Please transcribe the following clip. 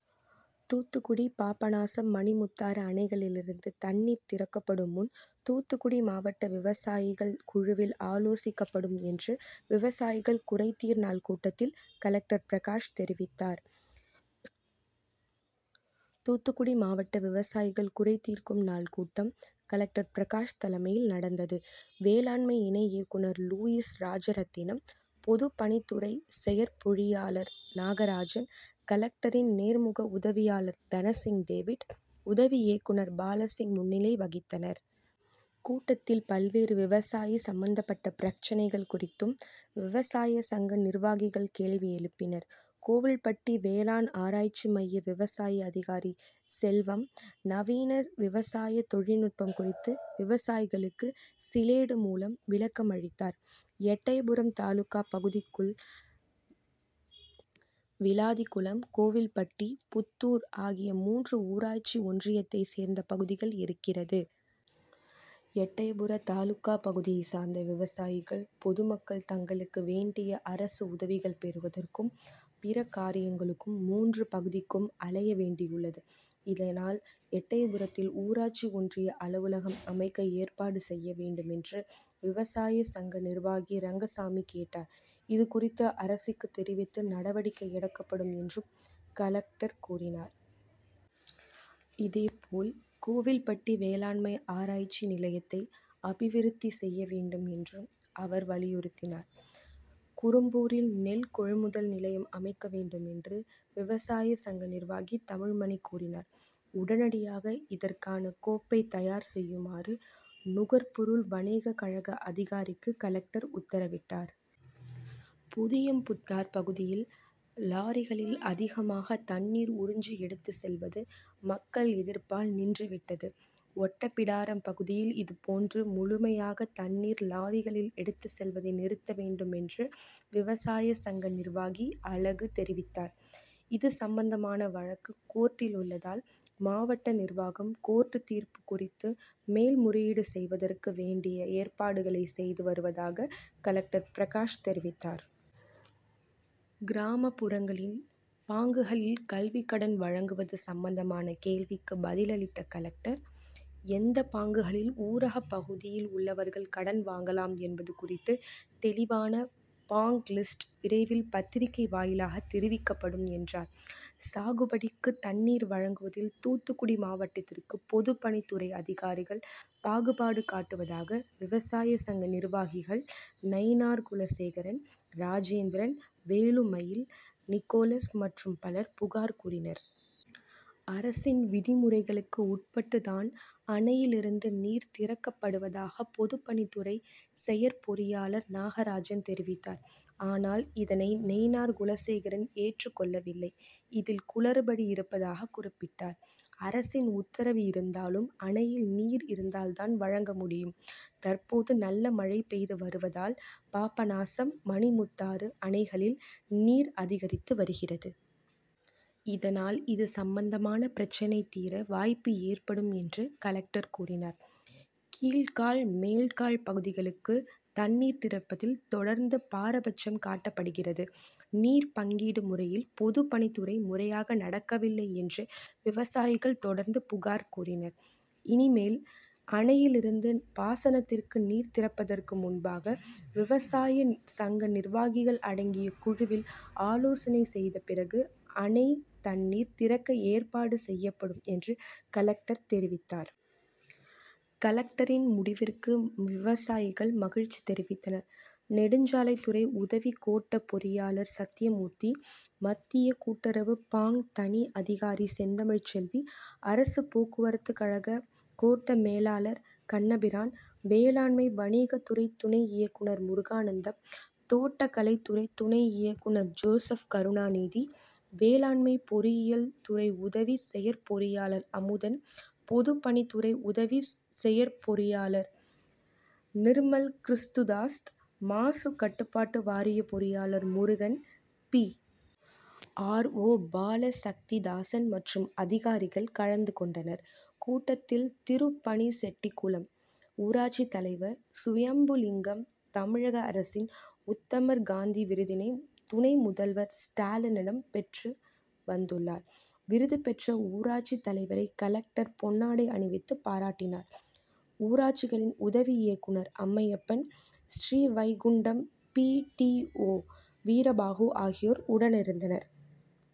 தூத்துக்குடி பாபநாசம், மணிமுத்தாறு அணைகளில் இருந்து தண்ணீர் திறக்கப்படும் முன் தூத்துக்குடி மாவட்ட விவசாயிகள் குழுவில் ஆலோசிக்கப்படும் என்று விவசாயிகள் குறைதீர்க்கும் நாள் கூட்டத்தில் கலெக்டர் பிரகாஷ் தெரிவித்தார். தூத்துக்குடி மாவட்ட விவசாயிகள் குறைதீர்க்கும் நாள் கூட்டம் கலெக்டர் பிரகாஷ் தலைமையில் நடந்தது. வேளாண்மை இணை இயக்குநர் லூயிஸ் ராஜரத்தினம், பொதுப்பணித்துறை செயற்பொறியாளர் நாகராஜன், கலெக்டரின் நேர்முக உதவியாளர் தனசிங் டேவிட், உதவி இயக்குநர் பாலசிங் முன்னிலை வகித்தனர். கூட்டத்தில் பல்வேறு விவசாய சம்பந்தப்பட்ட பிரச்னைகள் குறித்தும் விவசாய சங்க நிர்வாகிகள் கேள்வி எழுப்பினர். கோவில்பட்டி வேளாண் ஆராய்ச்சி மைய விவசாய அதிகாரி செல்வம் நவீன விவசாய தொழில் நுட்பம் குறித்து விவசாயிகளுக்கு சிலேடு மூலம் விளக்கம் அளித்தார். எட்டயபுரம் தாலுகா பகுதிக்குள் விளாத்திகுளம், கோவில்பட்டி, புத்தூர் ஆகிய மூன்று ஊராட்சி ஒன்றியத்தை சேர்ந்த பகுதிகள் இருக்கிறது. எட்டயபுரம் தாலுகா பகுதியை சார்ந்த விவசாயிகள், பொதுமக்கள் தங்களுக்கு வேண்டிய அரசு உதவிகள் பெறுவதற்கும், பிற காரியங்களுக்கும் மூன்று பகுதிக்கும் அலைய வேண்டியுள்ளது. இதனால் எட்டயபுரத்தில் ஊராட்சி ஒன்றிய அலுவலகம் அமைக்க ஏற்பாடு செய்ய வேண்டும் என்று விவசாய சங்க நிர்வாகி ரெங்கசாமி கேட்டார். இது குறித்து அரசுக்கு தெரிவித்து நடவடிக்கை எடுக்கப்படும் என்று கலெக்டர் கூறினார். இதே போல் கோவில்பட்டி வேளாண்மை ஆராய்ச்சி நிலையத்தை அபிவிருத்தி செய்ய வேண்டும் என்றும் அவர் வலியுறுத்தினார். குரும்பூரில் நெல் கொள்முதல் நிலையம் அமைக்க வேண்டும் என்று விவசாய சங்க நிர்வாகி தமிழ்மணி கூறினார். உடனடியாக இதற்கான கோப்பை தயார் செய்யுமாறு நுகர்பொருள் வாணிகக்கழக அதிகாரிக்கு கலெக்டர் உத்தரவிட்டார். புதியம்புத்தார் பகுதியில் லாரிகளில் அதிகமாக தண்ணீர் உறிஞ்சு எடுத்து செல்வது மக்கள் எதிர்ப்பால் நின்று விட்டது. ஓட்டப்பிடாரம் பகுதியில் இதுபோன்று முழுமையாக தண்ணீர் லாரிகளில் எடுத்து செல்வதை நிறுத்த வேண்டும் என்று விவசாய சங்க நிர்வாகி அழகு தெரிவித்தார். இது சம்பந்தமான வழக்கு கோர்ட்டில் உள்ளதால், மாவட்ட நிர்வாகம் கோர்ட் தீர்ப்பு குறித்து மேல் முறையீடு செய்வதற்கு வேண்டிய ஏற்பாடுகளை செய்து வருவதாக கலெக்டர் பிரகாஷ் தெரிவித்தார். கிராமப்புறங்களில் பாங்குகளில் கல்வி கடன் வழங்குவது சம்பந்தமான கேள்விக்கு பதில் அளித்த கலெக்டர் எந்த பாங்குகளில் ஊரக பகுதியில் உள்ளவர்கள் கடன் வாங்கலாம் என்பது குறித்து தெளிவான பாங்க் லிஸ்ட் விரைவில் பத்திரிக்கை வாயிலாக தெரிவிக்கப்படும் என்றார். சாகுபடிக்கு தண்ணீர் வழங்குவதில் தூத்துக்குடி மாவட்டத்திற்கு பொதுப்பணித்துறை அதிகாரிகள் பாகுபாடு காட்டுவதாக விவசாய சங்க நிர்வாகிகள் நயினார்குலசேகரன், ராஜேந்திரன், வேலுமயில், நிக்கோலஸ் மற்றும் பலர் புகார் கூறினர். அரசின் விதிமுறைகளுக்கு உட்பட்டு தான் அணையில் இருந்து தண்ணீர் திறக்கப்படுவதாக பொதுப்பணித்துறை செயற்பொறியாளர் நாகராஜன் தெரிவித்தார். ஆனால் இதனை நயினார்குலசேகரன் ஏற்றுக் கொள்ளவில்லை. இதில் குளறுபடி இருப்பதாக குறிப்பிட்டார். அரசின் உத்தரவு இருந்தாலும் அணையில் நீர் இருந்தால் தான் வழங்க முடியும். தற்போது நல்ல மழை பெய்து வருவதால் பாபநாசம், மணிமுத்தாறு அணைகளில் நீர் அதிகரித்து வருகிறது. இதனால் இது சம்பந்தமான பிரச்னை தீர வாய்ப்பு ஏற்படும் என்று கலெக்டர் கூறினார். கீழ்க்கால், மேல்க்கால் பகுதிக்கு நீ ர் திறப்பதில் தொடர்ந்து பாரபட்சம் காட்டப்படுகிறது. நீர் பங்கீடு முறையில் பொதுப்பணித்துறை முறையாக நடக்கவில்லை என்று விவசாயிகள் தொடர்ந்து புகார் கூறினர். இனிமேல் அணையில் இருந்து பாசனத்திற்கு நீர் திறப்பதற்கு முன்பாக விவசாய சங்க நிர்வாகிகள் அடங்கிய குழுவில் ஆலோசனை செய்த பிறகு அணைத் தண்ணீர் திறக்க ஏற்பாடு செய்யப்படும் என்று கலெக்டர் தெரிவித்தார். கலெக்டரின் முடிவிற்கு விவசாயிகள் மகிழ்ச்சி தெரிவித்தனர். நெடுஞ்சாலைத்துறை உதவி கோட்ட பொறியாளர் சத்தியமூர்த்தி, மத்திய கூட்டுறவு பாங்க் தனி அதிகாரி செந்தமிழ்செல்வி, அரசு போக்குவரத்துகழக கோட்ட மேலாளர் கண்ணபிரான், வேளாண்மை வணிகத்துறை துணை இயக்குநர் முருகானந்தம், தோட்டக்கலைத்துறை துணை இயக்குநர் ஜோசப்கருணாநிதி, வேளாண்மை பொறியியல் துறை உதவி செயற்பொறியாளர் அமுதன், பொதுப்பணித்துறை உதவி செயற்பொறியாளர் நிர்மல்கிறிஸ்துதாஸ், மாசுகட்டுப்பாடு வாரிய பொறியாளர் Murugan, P. R. O Balasakthidasan மற்றும் அதிகாரிகள் கலந்து கொண்டனர். கூட்டத்தில் திருப்பணிச்செட்டிகுளம் ஊராட்சி தலைவர் சுயம்புலிங்கம் தமிழக அரசின் உத்தமர் காந்தி விருதினை துணை முதல்வர் ஸ்டாலினிடம் பெற்று வந்துள்ளார். விருது பெற்ற ஊராட்சி தலைவரை கலெக்டர் பொன்னாடை அணிவித்து பாராட்டினார். ஊராட்சிகளின் உதவி இயக்குநர் Ammaiyappan, Srivaikuntam B. D. O Veerabahu ஆகியோர் உடனிருந்தனர்.